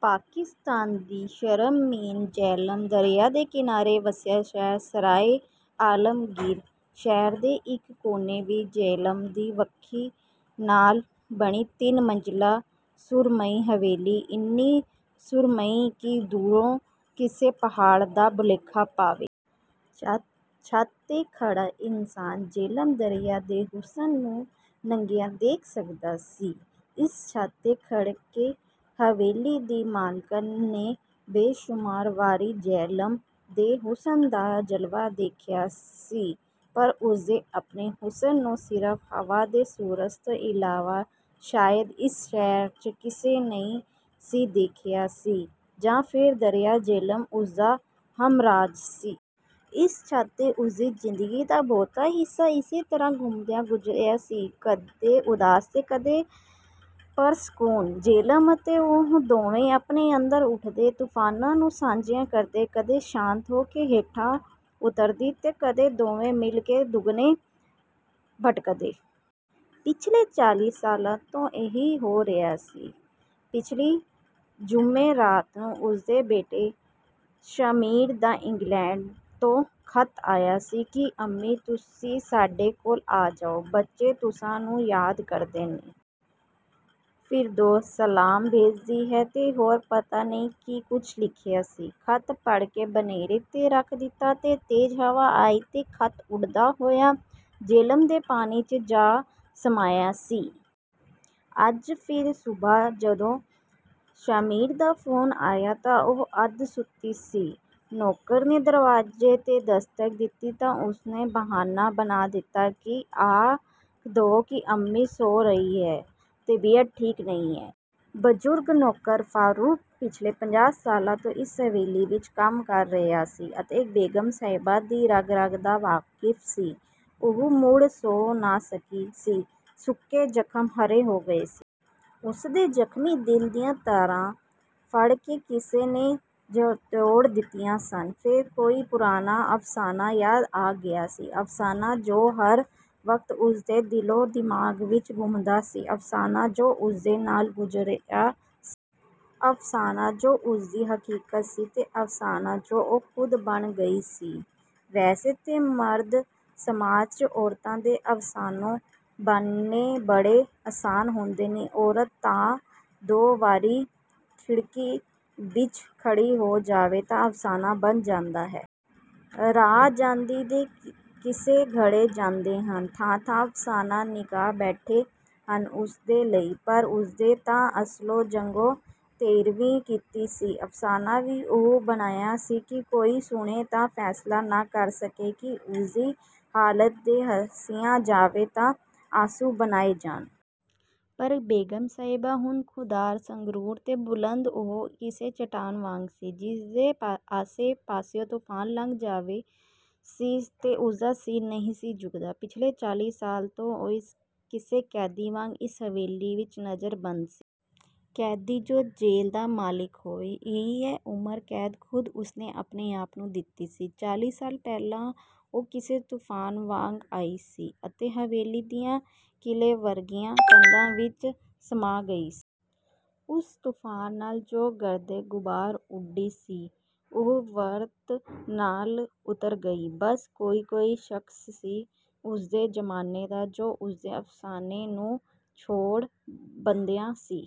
ਪਾਕਿਸਤਾਨ ਦੀ ਸ਼ਰਮੀਨ, ਜੇਹਲਮ ਦਰਿਆ ਦੇ ਕਿਨਾਰੇ ਵਸਿਆ ਸ਼ਹਿਰ 'ਸਰਾਏ ਆਲਮਗੀਰ'। ਸ਼ਹਿਰ ਦੇ ਇੱਕ ਕੋਨੇ ਵਿੱਚ ਜੇਹਲਮ ਦੀ ਵੱਖੀ ਨਾਲ ਬਣੀ ਤਿੰਨ ਮੰਜ਼ਿਲਾਂ ਸੁਰਮਈ ਹਵੇਲੀ, ਇੰਨੀ ਸ਼ੁਰਮਈ ਕਿ ਦੂਰੋ ਕਿਸੇ ਪਹਾੜ ਦਾ ਭੁੱਲੇਖਾ ਪਾਵੇ। ਛੱਤ ਤੇ ਖੜ੍ਹਾ ਇਨਸਾਨ ਜੇਹਲਮ ਦਰਿਆ ਦੇ ਹੁਸਨ ਨੂੰ ਨੰਗਿਆ ਦੇਖ ਸਕਦਾ ਸੀ। ਇਸ ਛੱਤ ਤੇ ਖੜ੍ਹ ਕੇ ਹਵੇਲੀ ਦੀ ਮਾਲਕਣ ਨੇ ਬੇਸ਼ੁਮਾਰ ਵਾਰੀ ਜੇਹਲਮ ਦੇ ਹੁਸਨ ਦਾ ਜਲਵਾ ਦੇਖਿਆ ਸੀ। ਪਰ ਉਸਦੇ ਆਪਣੇ ਹੁਸਨ ਨੂੰ ਸਿਰਫ ਹਵਾ ਤੇ ਸੂਰਜ ਤੋਂ ਇਲਾਵਾ ਸ਼ਾਇਦ ਇਸ ਸ਼ਹਿਰ, ਚ' ਕਿਸੇ ਨਹੀ ਸੀ ਦੇਖਿਆ ਸੀ ਜਾਂ ਫੇਰ ਦਰਿਆ ਜੇਹਲਮ ਉਸਦਾ ਹਮਰਾਜ਼ ਸੀ। ਇਸ ਛੱਤ ਤੇ ਉਸਦੀ ਜਿੰਦਗੀ ਦਾ ਬਹੁਤਾ ਹਿਸਾ ਇਸੇ ਤਰ੍ਹਾਂ ਘੁੰਮਦਿਆ ਗੁਜ਼ਰਿਆ ਸੀ। ਕਦੇ ਉਦਾਸ ਤੇ ਕਦੇ ਪੁਰਸਕੂਨ। ਜੇਹਲਮ ਅਤੇ ਉਹ ਦੋਵੇਂ ਆਪਣੇ ਅੰਦਰ ਉਠਦੇ ਤੂਫਾਨਾਂ ਨੂੰ ਸਾਂਝਿਆਂ ਕਰਦੇ। ਕਦੇ ਸ਼ਾਤ ਹੋ ਕੇ ਹੇਠਾਂ ਉਤਰਦੀ ਤੇ ਕਦੇ ਦੋਵੇ ਮਿਲ ਕੇ ਦੁੱਗਣੇ ਭਟਕਦੇ। ਪਿਛਲੇ ਚਾਲ੍ਹੀ ਸਾਲਾਂ ਤੋਂ ਇਹੀ ਹੋ ਰਿਹਾ ਸੀ। ਪਿਛਲੀ ਜ਼ੁੰਮੇਰਾਤ ਨੂੰ ਉਸਦੇ ਬੇਟੇ ਸ਼ਮੀਰ ਦਾ ਇੰਗਲੈਡ ਤੋਂ ਖੱਤ ਆਇਆ ਸੀ ਕਿ 'ਅੰਮੀ ਤੁਸੀ ਸਾਡੇ ਕੋਲ ਆ ਜਾਉ। ਬੱਚੇ ਤੁਸਾਂ ਨੂੰ ਯਾਦ ਕਰਦੇ ਨੇ। ਫਿਰਦੋਸ਼ ਸਲਾਮ ਭੇਜਦੀ ਹੈ, ਤੇ ਹੋਰ ਪਤਾ ਨਹੀ ਕੀ ਕੁਛ ਲਿਖਿਆ ਸੀ। ਖੱਤ ਪੜ੍ਹਕੇ ਬਨੇਰੇ ਤੇ ਰੱਖ ਦਿਤਾ ਤੇ ਤੇਜ਼ ਹਵਾ ਆਈ ਤੇ ਖੱਤ ਉਡਦਾ ਹੋਇਆ ਜੇਹਲਮ ਦੇ ਪਾਣੀ, 'ਚ ਜਾ ਸਮਾਇਆ ਸੀ। ਅੱਜ ਫਿਰ ਸੁਬਹਾ ਜਦੋ ਸ਼ਮੀਰ ਦਾ ਫੋਨ ਆਇਆ, ਤਾਂ ਉਹ ਅੱਧ-ਸੁੱਤੀ ਸੀ। ਨੌਕਰ ਨੇ ਦਰਵਾਜ਼ੇ ਤੇ ਦਸਤਕ ਦਿਤੀ ਤਾਂ ਉਸਨੇ ਬਹਾਨਾਂ ਬਣਾ ਦਿਤਾ ਸੀ ਕਿ ਆਖ ਦੋਂ 'ਕਿ ਅੰਮੀ ਸੌਂ ਰਹੀ ਏ. ਤਬੀਅਤ ਠੀਕ ਨਹੀਂ ਏਂ। ਬਜ਼ੁਰਗ ਨੌਕਰ ਫਾਰੂਕ ਪਿਛਲੇ ਪੰਜਾਹ ਸਾਲਾਂ ਤੋਂ ਇਸ ਹਵੇਲੀ ਵਿੱਚ ਕੰਮ ਕਰ ਰਿਹਾ ਸੀ ਅਤੇ ਬੇਗਮ ਸਹਿਬਾ ਦੀ ਰਗ ਰਗ ਦਾ ਵਾਕਿਫ਼ ਸੀ। ਉਹ ਮੁੜ ਸੌਂ ਨਾ ਸਕੀ ਸੀ। ਸੁੱਕੇ ਜ਼ਖਮ ਹਰੇ ਹੋ ਗਏ ਸੀ। ਉਸਦੇ ਜ਼ਖਮੀ ਦਿਲ ਦੀਆ ਤਾਰਾਂ ਫੜ੍ਹਕੇ ਕਿਸੇ ਨੇ ਝੰਜੋੜ ਦਿਤੀਆ ਸਨ। ਫੇਰ ਕੋਈ ਪੁਰਾਣਾ ਅਫ਼ਸਾਨਾ ਯਾਦ ਆ ਗਿਆ ਸੀ। ਅਫ਼ਸਾਨਾ, ਜੋ ਹਰ ਵਕਤ ਉਸ ਦੇ ਦਿਲੋ-ਦਿਮਾਗ ਵਿੱਚ ਘੁੰਮਦਾ ਸੀ। ਅਫ਼ਸਾਨਾ, ਜੋ ਉਸਦੇ ਨਾਲ ਗੁਜ਼ਰਿਆ ਸੀ। ਅਫ਼ਸਾਨਾ, ਜੋ ਉਸਦੀ ਹਕੀਕਤ ਸੀ, ਤੇ ਅਫ਼ਸਾਨਾ ਜੋ ਉਹ ਖੁਦ ਬਣ ਗਈ ਸੀ। ਵੈਸੇ ਤੇ ਮਰਦ ਸਮਾਜ, ਚ' ਔਰਤਾ ਦੇ ਅਫ਼ਸਾਨੋ ਬਣਨੇ ਬੜੇ ਆਸਾਨ ਹੁੰਦੇ ਨੇ। ਔਰਤ ਤਾਂ ਦੋ ਵਾਰੀ ਖਿੜ੍ਹਕੀ ਵਿੱਚ ਖੜ੍ਹੀ ਹੋ ਜਾਵੇ ਤਾਂ ਅਫ਼ਸਾਨਾ ਬਣ ਜਾਂਦਾ ਹੈ। ਰਾਹ ਜਾਂਦੀ ਦੇ ਕਿੱਸੇ ਘੜੇ ਜਾਂਦੇ ਹਨ। ਥਾਂ ਥਾਂ ਅਫ਼ਸਾਨਾ-ਨਿਗਾਰ ਬੈਠੇ ਹਨ ਉਸ ਦੇ ਲਈ।…… ਪਰ ਉਸਨੇ ਤਾਂ ਅਸਲੋਂ ਜੱਗੋ ਤੇਰ੍ਹਵੀ ਕੀਤੀ ਸੀ। ਅਫ਼ਸਾਨਾ ਵੀ ਉਹ ਬਣਿਆ ਸੀ ਕਿ ਕੋਈ ਸੁਣੇ ਤਾਂ ਫੈਸਲਾ ਨਾ ਕਰ ਸਕੇ ਕਿ ਉਸਦੀ ਹਾਲਤ ਤੇ ਹੱਸਿਆ ਜਾਵੇ ਜਾਂ ਆਂਸੂ ਬਹਾਏ ਜਾਣ। ਪਰ ਬੇਗਮ ਸਾਹਿਬਾ ਹੁਣ ਖੁੱਦਾਰ, ਸੰਗਰੂਰ ਤੇ ਬੁਲੰਦ, ਉਹ ਕਿਸੇ ਚਟਾਨ ਵਾਂਗ ਸੀ। ਜਿਸ ਦੇ ਆਸੇ ਪਾਸਿਉ ਤੂਫਾਨ ਲੰਘ ਜਾਂਵੇ ਸੀ ਤੇ ਉਸਦਾ ਸਿਰ ਨਹੀਂ ਸੀ ਝੁਕਦਾ। ਪਿਛਲੇ ਚਾਲ੍ਹੀ ਸਾਲ ਤੋਂ ਉਹ ਕਿਸੇ ਕੈਦੀ ਵਾਂਗ ਇਸ ਹਵੇਲੀ ਵਿੱਚ ਨਜ਼ਰਬੰਦ ਸੀ। ਕੈਦੀ ਜੋ ਜੇਲ੍ਹ ਦਾ ਮਾਲਿਕ ਹੋਵੇ। ਇਹ ਉਮਰ ਕੈਦ ਖੁਦ ਉਸਨੇ ਆਪਣੇ ਆਪ ਨੂੰ ਦਿਤੀ ਸੀ। ਚਾਲ੍ਹੀ ਸਾਲ ਪਹਿਲਾ ਉਹ ਕਿਸੇ ਤੂਫਾਨ ਵਾਂਗ ਆਈ ਸੀ ਅਤੇ ਹਵੇਲੀ ਦੀਆ ਕਿਲ੍ਹੇ ਵਰਗੀਆ ਕੰਧਾਂ ਵਿੱਚ ਸਮਾਅ ਗਈ ਸੀ। ਉਸ ਤੂਫਾਨ ਨਾਲ ਜੋ ਗਰਦੋ-ਗੁਬਾਰ ਉਡੀ ਸੀ, ਉਹ ਵਕਤ ਨਾਲ ਉਤਰ ਗਈ। ਬੱਸ ਕੋਈ ਕੋਈ ਸਖਸ਼ ਸੀ, ਉਸਦੇ ਜ਼ਮਾਨੇ ਦਾ ਜੋ ਉਸਦੇ ਅਫ਼ਸਾਨੇ ਨੂੰ ਛੋੜ ਬਹਿੰਦਾ ਸੀ।